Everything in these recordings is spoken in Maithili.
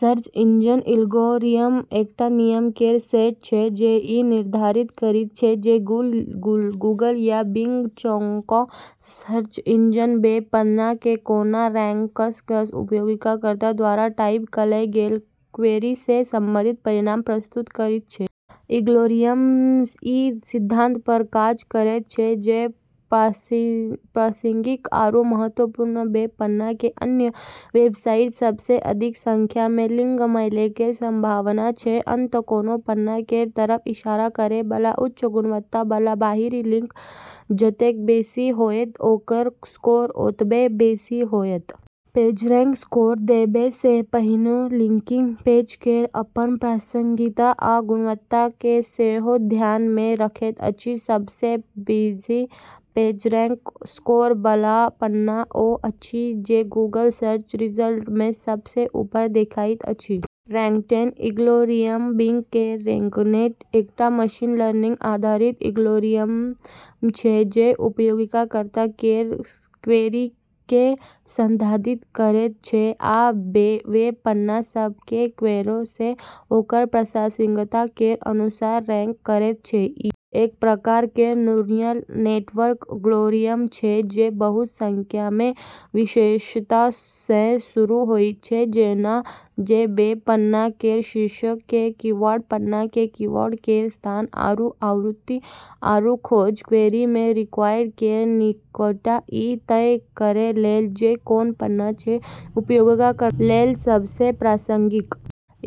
सर्च इंजन एल्गोरिदम एकटा नियम केर सेट छै जे ई निर्धारित करैत छै जे गूगल या बिंग जकाँ सर्च इंजन वेब पन्ना केँ कोना रैंक कऽ कऽ उपयोगकर्ता द्वारा टाइप कएल गेल क्वेरी सँ संबंधित परिणाम प्रस्तुत करैत छै। एल्गोरिदम ई सिद्धांत पर काज करैत छै जे प्रासंगिक आरू महत्वपूर्ण वेब पन्ना केँ अन्य वेबसाइट सभ सँ अधिक संख्या मे लिंक मिलै केर संभावना छै। अतः, कोनो पन्ना केर तरफ इशारा करै बला उच्च गुणवत्ता बला बाहरी लिंक जतेक बेसी होएत, ओकर स्कोर ओतबे बेसी होएत। पेजरैंक स्कोर देबै सँ पहिने लिंकिंग पेज केर अपन प्रासंगिकता आ गुणवत्ता केँ सेहो ध्यान मे रखैत अछि। सब सँ बेसी पेजरैंक स्कोर बला पन्ना ओ अछि जे गूगल सर्च रिजल्ट मे सब सँ ऊपर देखाइत अछि। रैंकनेट एल्गोरिदम: बिंग केर रैंकनेट एकटा मशीन-लर्निंग आधारित एल्गोरिदम छै जे उपयोगकर्ता केर क्वेरी केँ संसाधित करैत छै आ वेब पन्ना सभ केँ क्वेरी सँ ओकर प्रासंगिकता केर अनुसार रैंक करैत छै। ई एक प्रकार केर न्यूरल नेटवर्क एल्गोरिदम छै जे बहुत संख्या मे विशेषता सँ शुरू होइत छै, जेना जे वेब पन्ना केर शीर्षक मे कीवर्ड, पन्ना मे कीवर्ड केर स्थान आरू आवृत्ति, आरू खोज क्वेरी मे कीवर्ड केर निकटता ई तय करै लेल जे कोन पन्ना छै उपयोगकर्ता लेल सब सँ प्रासंगिक।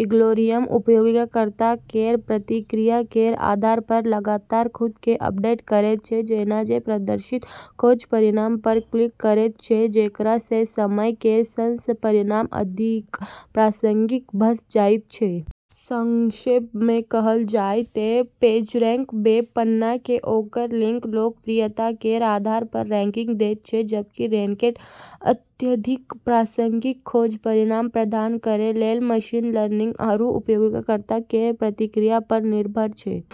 एल्गोरिदम उपयोगकर्ता केर प्रतिक्रिया केर आधार पर लगातार खुद केँ अपडेट करैत छै जेना जे प्रदर्शित खोज परिणाम पर क्लिक करैत छै, जेकरा सँ समय केर सँग परिणाम अधिक प्रासंगिक भऽ जाइत छै। संक्षेप मे कहल जाय तँ पेजरैंक वेब पन्ना केँ ओकर लिंक लोकप्रियता केर आधार पर रैंकिंग दैत छै, जबकि रैंकनेट अत्यधिक प्रासंगिक खोज परिणाम प्रदान करै लेल मशीन लर्निंग आरू उपयोगकर्ता केर प्रतिक्रिया पर निर्भर छै।